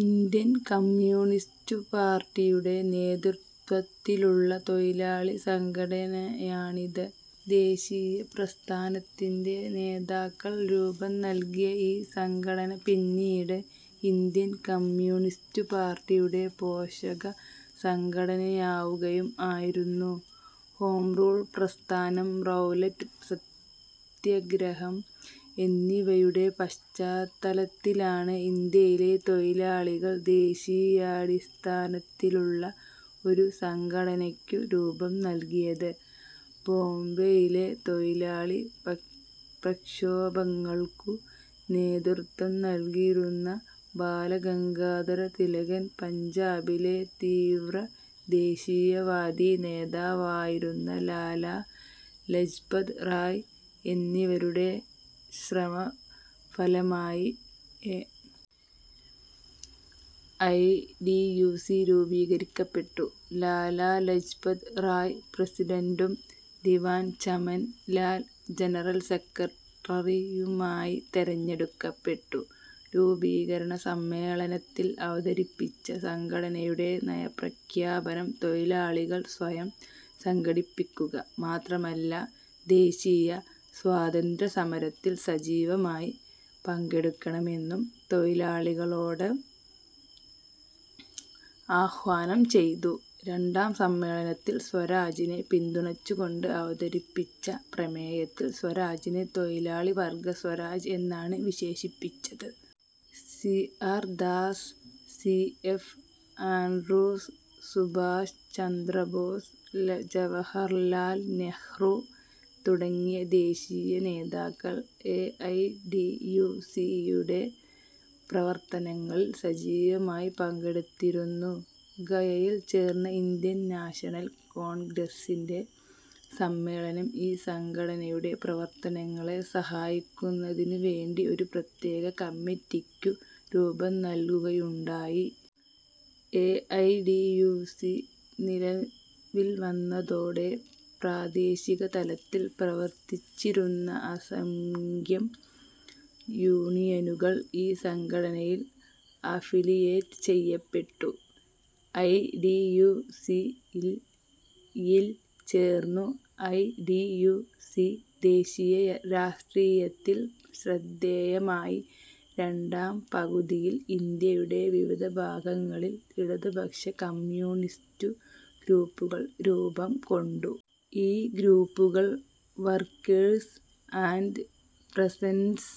Indian കമ്യൂണിസ്റ്റുപാർട്ടിയുടെ നേതൃത്വത്തിലുള്ള തൊഴിലാളി സംഘടനയാണിത്. ദേശീയ പ്രസ്ഥാനത്തിന്റെ നേതാക്കൾ രൂപം നൽകിയ ഈ സംഘടന പിന്നീട് ഇന്ത്യൻ കമ്യൂണിസ്റ്റുപാർട്ടിയുടെ പോഷക സംഘടനയാവുകയും ആയിരുന്നു. ഹോംറൂൾ പ്രസ്ഥാനം, റൗലറ്റ് സത്യഗ്രഹം എന്നിവയുടെ പശ്ചാത്തലത്തിലാണ് ഇന്ത്യയിലെ തൊഴിലാളികൾ ദേശീയാടിസ്ഥാനത്തിലുള്ള ഒരു സംഘടനയ്ക്കു രൂപംനൽകിയത്. ബോംബെയിലെ തൊഴിലാളി പ്രക്ഷോഭങ്ങൾക്കു നേതൃത്വം നൽകിയിരുന്ന ബാലഗംഗാധര തിലകൻ, പഞ്ചാബിലെ തീവ്രദേശീയവാദി നേതാവായിരുന്ന ലാലാ ലജ്പത് റായ് എന്നിവരുടെ ശ്രമഫലമായി A. I. T. U. C. രൂപീകരിക്കപ്പെട്ടു. ലാലാ ലജ്പത് റായ് പ്രസിഡന്റും ദിവാൻ ചമൻ ലാൽ ജനറൽ സെക്രട്ടറിയുമായി തെരഞ്ഞെടുക്കപ്പെട്ടു. രൂപീകരണ സമ്മേളനത്തിൽ അവതരിപ്പിച്ച സംഘടനയുടെ നയപ്രഖ്യാപനം, തൊഴിലാളികൾ സ്വയം സംഘടിക്കുക മാത്രമല്ല, ദേശീയ സ്വാതന്ത്യസമരത്തിൽ സജീവമായി പങ്കെടുക്കണമെന്നും ' തൊഴിലാളികളോട് ആഹ്വാനം ചെയ്തു. രണ്ടാം സമ്മേളനത്തിൽ സ്വരാജിനെ പിന്തുണച്ചുകൊണ്ട് അവതരിപ്പിച്ച പ്രമേയത്തിൽ, സ്വരാജിനെ തൊഴിലാളിവർഗ സ്വരാജ് എന്നാണ് വിശേഷിപ്പിച്ചത്. C. R. Das, C. F. Andrews, Subhash Chandrabose, Jawaharlal Nehru തുടങ്ങിയ ദേശീയ നേതാക്കൾ A. I. T. U. C. യുടെ പ്രവർത്തനങ്ങളിൽ സജീവമായി പങ്കെടുത്തിരുന്നു. ഗയയിൽ ചേർന്ന ഇന്ത്യൻ നാഷണൽ കോൺഗ്രസ്സിന്റെ സമ്മേളനം ഈ സംഘടനയുടെ പ്രവർത്തനങ്ങളെ സഹായിക്കുന്നതിനുവേണ്ടി ഒരു പ്രത്യേക കമ്മിറ്റിയ്ക്കു രൂപം നൽകുകയുണ്ടായി. A. I. T. U. C. നിലവിൽവന്നതോടെ പ്രാദേശികതലത്തിൽ പ്രവർത്തിച്ചിരുന്ന അസംഖ്യം യൂണിയനുകൾ ഈ സംഘടനയിൽ അഫിലിയേറ്റ് ചെയ്യപ്പെട്ടു. ഐ. ടി. യു. സി. യിൽ ചേർന്നു. ഐ. ടി. യു. സി. ദേശീയ രാഷ്ട്രീയത്തിൽ ശ്രദ്ധേയമായി. രണ്ടാംപകുതിയിൽ ഇന്ത്യയുടെ വിവിധ ഭാഗങ്ങളിൽ ഇടതുപക്ഷ-കമ്യൂണിസ്റ്റു ഗ്രൂപ്പുകൾ രൂപംകൊണ്ടു. ഈ ഗ്രൂപ്പുകൾ ' വർക്കേഴ്സ് ആൻഡ് പെസന്റ്സ്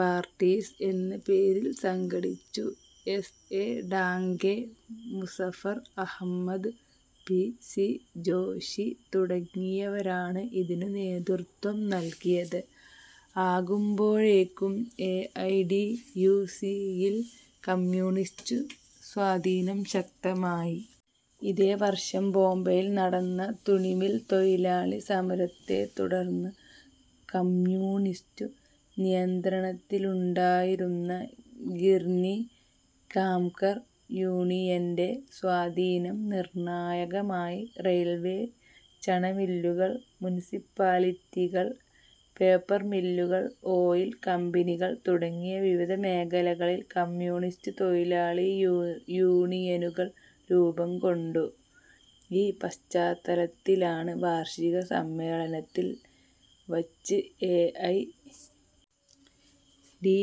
പാർട്ടീസ് ' എന്ന പേരിൽ സംഘടിച്ചു. S. A. Dange, Muzaffar Ahmad, P. C. Joshi തുടങ്ങിയവരാണ് ഇതിനു നേതൃത്വം നൽകിയത്. ആകുമ്പോഴേക്കും A. I. T. U. C. യിൽ കമ്യൂണിസ്റ്റു സ്വാധീനം ശക്തമായി. ഇതേവർഷം ബോംബെയിൽ നടന്ന തുണിമിൽ തൊഴിലാളി സമരത്തെത്തുടർന്ന്, കമ്യൂണിസ്റ്റു നിയന്ത്രണത്തിലുണ്ടായിരുന്ന ഗിർനി കാംകർ യൂണിയന്റെ, സ്വാധീനം നിർണായകമായി. റെയിൽവെ, ചണമില്ലുകൾ, മുനിസിപ്പാലിറ്റികൾ, പേപ്പർമില്ലുകൾ, ഓയിൽ കമ്പനികൾ തുടങ്ങിയ വിവിധ മേഖലകളിൽ കമ്യൂണിസ്റ്റു തൊഴിലാളി യൂണിയനുകൾ രൂപംകൊണ്ടു. ഈ പശ്ചാത്തലത്തിലാണ് വാർഷിക സമ്മേളനത്തിൽ വച്ച് A. I. T.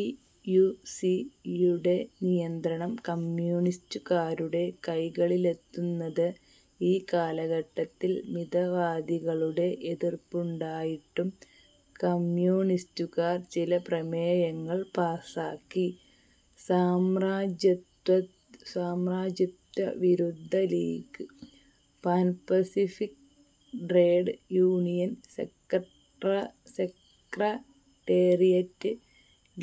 U. C. യുടെ നിയന്ത്രണം കമ്യൂണിസ്റ്റുകാരുടെ കൈകളിലെത്തുന്നത്. ഈ കാലഘട്ടത്തിൽ മിതവാദികളുടെ എതിർപ്പുണ്ടായിട്ടും കമ്യൂണിസ്റ്റുകാർ ചില പ്രമേയങ്ങൾ പാസ്സാക്കി. സാമ്രാജ്യത്വവിരുദ്ധ league pan pacific trade union secretariat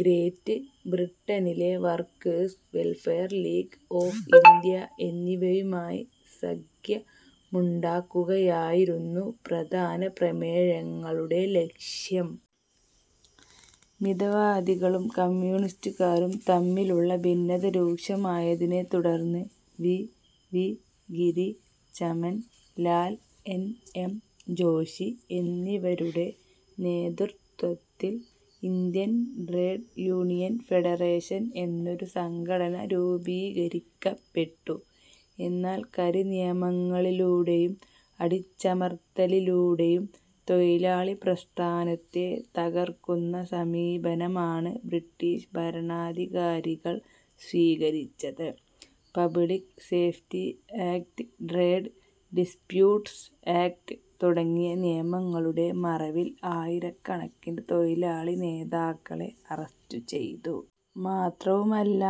great ബ്രിട്ടനിലെ workers welfare league of India എന്നിവയുമായി സഖ്യമുണ്ടാക്കുകയായിരുന്നു പ്രധാന പ്രമേയങ്ങളുടെ ലക്ഷ്യം. മിതവാദികളും കമ്യൂണിസ്റ്റുകാരും തമ്മിലുള്ള ഭിന്നത രൂക്ഷമായതിനെ തുടർന്ന്, V. V. Giri, Chaman Lal, N. M. Joshi എന്നിവരുടെ നേതൃത്വത്തിൽ ഇന്ത്യൻ ട്രേഡ് യൂണിയൻ ഫെഡറേഷൻ എന്നൊരു സംഘടന രൂപീകരിക്കപ്പെട്ടു. എന്നാൽ, കരിനിയമങ്ങളിലൂടെയും അടിച്ചമർത്തലിലൂടെയും തൊഴിലാളിപ്രസ്ഥാനത്തെ തകർക്കുന്ന സമീപനമാണ് ബ്രിട്ടിഷ് ഭരണാധികാരികൾ സ്വീകരിച്ചത്. Public safety act, trade disputes act തുടങ്ങിയ നിയമങ്ങളുടെ മറവിൽ ആയിരക്കണക്കിന് തൊഴിലാളി നേതാക്കളെ അറസ്റ്റുചെയ്തു. മാത്രവുമല്ല,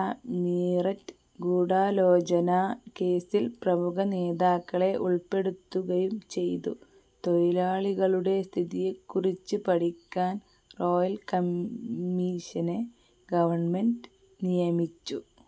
മീററ്റ് ഗൂഢാലോചനാ കേസ്സിൽ പ്രമുഖ നേതാക്കളെ ഉൾപ്പെടുത്തുകയും ചെയ്തു. തൊഴിലാളികളുടെ സ്ഥിതിയെക്കുറിച്ച് പഠിക്കാൻ റോയൽകമ്മിഷനെ ഗവൺമെന്റ് നിയമിച്ചു.